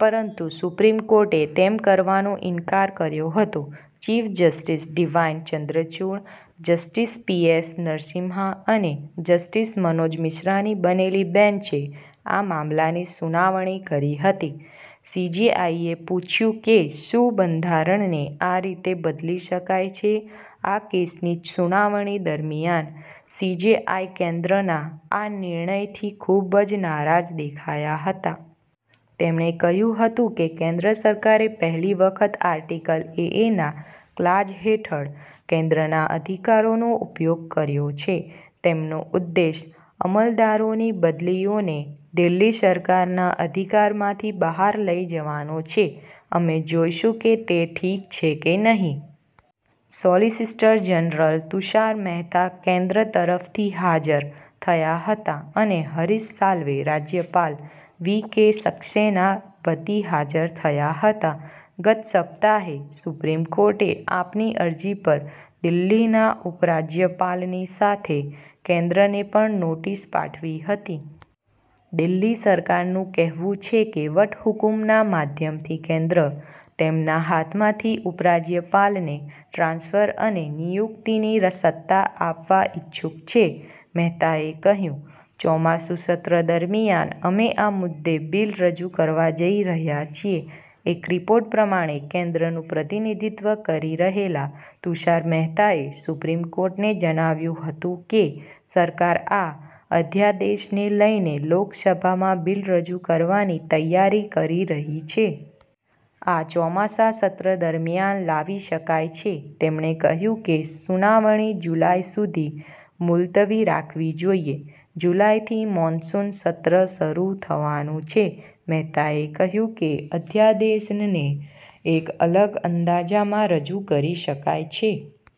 પરંતુ સુપ્રીમ કોર્ટે તેમ કરવાનો ઇનકાર કર્યો હતો. Chief justice D Y Chandrachud, justice P S Narasimha અને જસ્ટિસ મનોજ મિશ્રાની બનેલી બેન્ચે આ મામલાની સુનાવણી કરી હતી. સીજેઆઈએ પૂછ્યું કે શું બંધારણને આ રીતે બદલી શકાય છે આ કેસની સુનાવણી દરમિયાન સીજેઆઈ કેન્દ્રના આ નિર્ણયથી ખૂબ જ નારાજ દેખાયા હતા. તેમણે કહ્યું હતું કે કેન્દ્ર સરકારે પહેલી વખત આર્ટિકલ એએના ક્લાજ હેઠળ કેન્દ્રના અધિકારોનો ઉપયોગ કર્યો છે. તેમનો ઉદ્દેશ અમલદારોની બદલીઓને દિલ્હી સરકારના અધિકારમાંથી બહાર લઇ જવાનો છે. અમે જોઈશું કે તે ઠીક છે કે નહીં. સોલિસિટર જનરલ તુષાર મહેતા કેન્દ્ર તરફથી હાજર થયા હતા અને હરીશ સાલ્વે રાજ્યપાલ વી કે સક્સેના વતી હાજર થયા હતા. ગત સપ્તાહે સુપ્રીમ કોર્ટે આપની અરજી પર દિલ્હીના ઉપરાજ્યપાલની સાથે કેન્દ્રને પણ નોટિસ પાઠવી હતી. દિલ્હી સરકારનું કહેવું છે કે વટહુકમના માધ્યમથી કેન્દ્ર તેમના હાથમાંથી ઉપરાજ્યપાલને ટ્રાન્સફર અને નિયુક્તિની સત્તા આપવા ઇચ્છુક છે. મહેતાએ કહ્યું – ચોમાસુ સત્ર દરમિયાન અમે આ મુદ્દે બિલ રજૂ કરવા જઈ રહ્યા છીએ એક રિપોર્ટ પ્રમાણે કેન્દ્રનું પ્રતિનિધિત્વ કરી રહેલા તુષાર મહેતાએ સુપ્રીમ કોર્ટને જણાવ્યું હતું કે સરકાર આ અધ્યાદેશને લઈને લોકસભામાં બિલ રજૂ કરવાની તૈયારી કરી રહી છે. આ ચોમાસા સત્ર દરમિયાન લાવી શકાય છે. તેમણે કહ્યું કે સુનાવણી જુલાઇ સુધી મુલતવી રાખવી જોઈએ. જુલાઈથી મોનસુન સત્ર શરૂ થવાનું છે. મહેતાએ કહ્યું કે અધ્યાદેશનને એક અલગ અંદાજમાં રજૂ કરી શકાય છે.